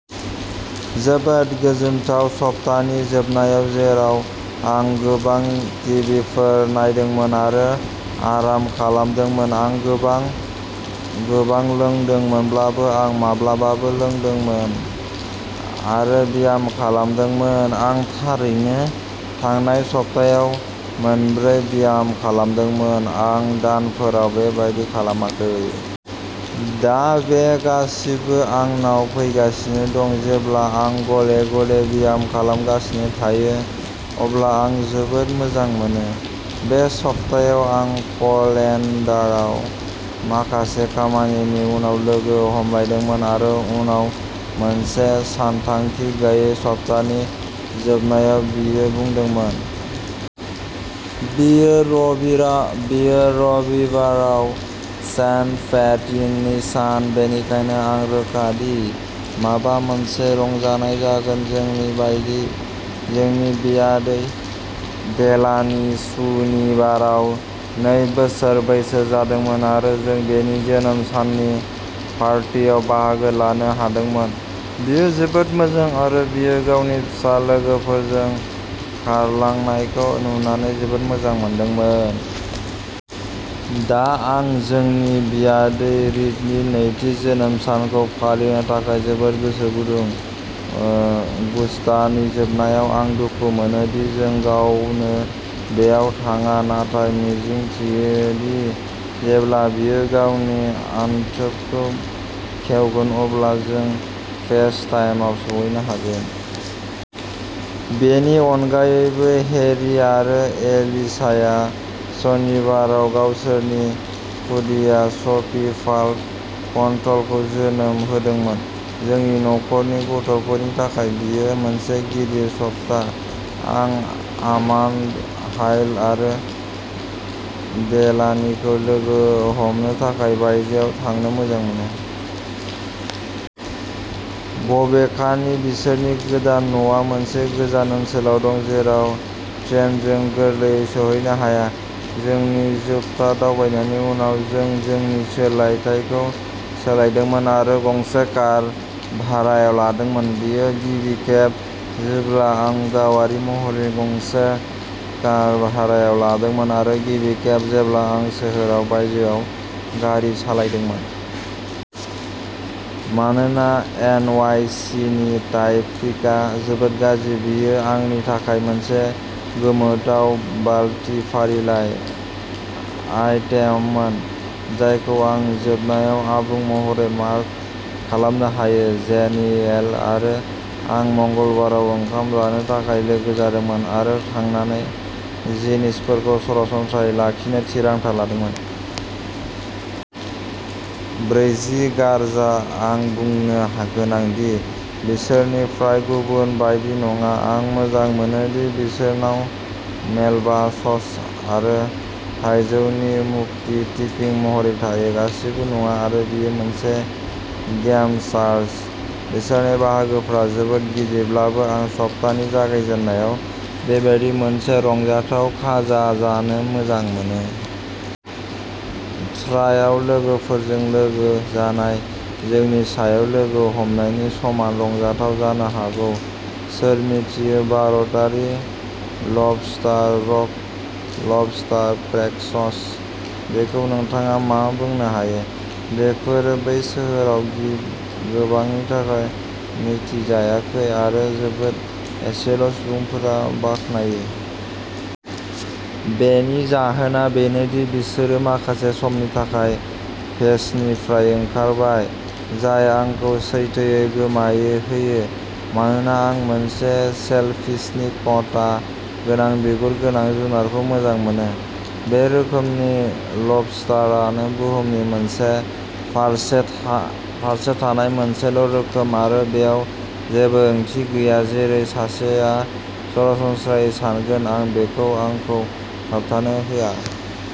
जोबोद गोजोनथाव सप्तानि जोबनायाव, जेराव आं गोबां टिभिफोर नायदोंमोन आरो आराम खालामदोंमोन। आं गोबां लोंदोंमोनब्लाबो, आं माब्लाबासो लोंदोंमोन आरो ब्याम खालामदोंमोन। आं थारैनो थांनाय सप्तायाव मोन ब्रै ब्याम खालामदोंमोन। आं दानफोराव बेबादि खालामाखै। दा बे गासैबो आंनाव फैगासिनो दं। जेब्ला आं गले गले ब्याम खालामगासिनो थायो, अब्ला आं जोबोद मोजां मोनो। बे सप्तायाव आं केलेनदाराव माखासे खामानिनि उनाव लोगो हमलायदोंमोन आरो उनाव मोनसे सानथांखि गैयै सप्तानि जोबनायाव बियो बुंदोंमोन। बेयो सनिबाराव सेन्ट पेटिनि सान। बेनिखायनो आं रोखा दि माबा मोनसे रंजानाय जागोन। जोंनि बियादै, डेलानी, सनिबाराव नै बोसोर बैसो जादोंमोन आरो जों बिनि जोनोम साननि पार्टियाव बाहागो लानो हादोंमोन। बियो जोबोद मोजां आरो बिखौ गावनि फिसा लोगोफोरजों खारलांनायखौ नुनानै जोबोद मोजां मोनदोंमोन। दा आं जोंनि बियादै रिदनि नैथि जोनोम सानखौ फालिनो थाखाय जोबोद गोसो गुदुं। सप्तानि जोबनायाव। आं दुखु मोनो दि जों गावनो बेयाव थाङा, नाथाय मिजिंथियोदि जेब्ला बियो गावनि अनथोबखौ खेवगोन अब्ला जों फेस टाइमआव सौहैनो हागोन। बेनि अनगायैबो, हेरिस आरो एलिसाया सनिबाराव गावसोरनि खुदिया, सफी पार्ल कनटरखौ जोनोम होदोंमोन। जोंनि नखरनि गथ'फोरनि थाखाय बेयो मोनसे गिदिर सप्ता। आं आमान्डा, उइल आरो डेलानीखौ लोगो हमनो थाखाय बायजोआव थांनो मोजां मोनो। बबेखानि, बिसोरनि गोदान न'आ मोनसे गोजान ओनसोलाव दं। जेराव ट्रेनजों गोरलैयै सौहैनो हाया। जोंनि जोबथा दावबायनायनि उनाव, जों जोंनि सोलोंथायखौ सोलोंदोंमोन आरो गंसे कार भारायाव लादोंमोन। बेयो गिबि खेब जेब्ला आं गावारि महरै गंसे कार भारायाव लादोंमोन आरो गिबि खेब जेब्ला आं सोहोराव बायजोआव गारि सालायदोंमोन। मानोना एन वाइ सि नि ट्राफिकआ जोबोद गाज्रि। बेयो आंनि थाखाय मोनसे गोमोथाव बालति फारिलाइ आइटेममोन जायखौ आं जोबनायाव आबुं महरै मार्क खालामनो हायो। डेनियेल आरो आं मंगलबाराव ओंखाम जानो थाखाय लोगो जादोंमोन आरो थांनानै जिनिसफोरखौ सरासनस्रा लाखिनो थिरांथा लादोंमोन। ब्रैजि गाजर। आं बुंनो गोनां दि, बिसोरनि फ्रयआ गुबुन बायदि नङा। आं मोजां मोनो दि बिसोरनाव मेलबा सस आरो थाइजौनि मुक्ता टपिं महरै थायो। गासैबो नङा, आरो बेयो मोनसे गेम चेनजार। बिसोरनि बाहागोफोरा जोबोद गिदिरब्लाबो, आं सप्तानि जागायजेननायाव बेबादि मोनसे रंजाथाव खाजा जानो मोजां मोनो। फ्रयआव लोगोफोरजों लोगो जानाया जौनि सायाव लोगो हमनायनि समान रंजाथाव जानो हागौ सोर मिथियो? भारतारि लबस्टार, रक लबस्टार, क्रेफिश, बेखौ नोंथाङा मा बुंनो हायो? बेफोरो बे सोहोराव गोबांनि थाखाय मिथिजायाखै, आरो जोबोद एसेल' सुबुंफोरा बाख्नायो। बेनि जाहोना बेनो दि बिसोरो माखासे समनि थाखाय फेसननिफ्राय ओंखारबाय, जाय आंखौ सैथोयै गोमोहोयो, मानोना आं मोनसे सेलफिसनि कनथा गोनां, बिगुर गोनां, जुनारखौ मोजां मोनो। बे रोखोमनि लबस्टारानो बुहुमनि बे फारसे थानाय मोनसेल' रोखोम, आरो बेयाव जेबो आथिं गैया जेरै सासेआ सरासनस्रायै सानगोन। आं बेखौ आंखौ होबथानो होआ।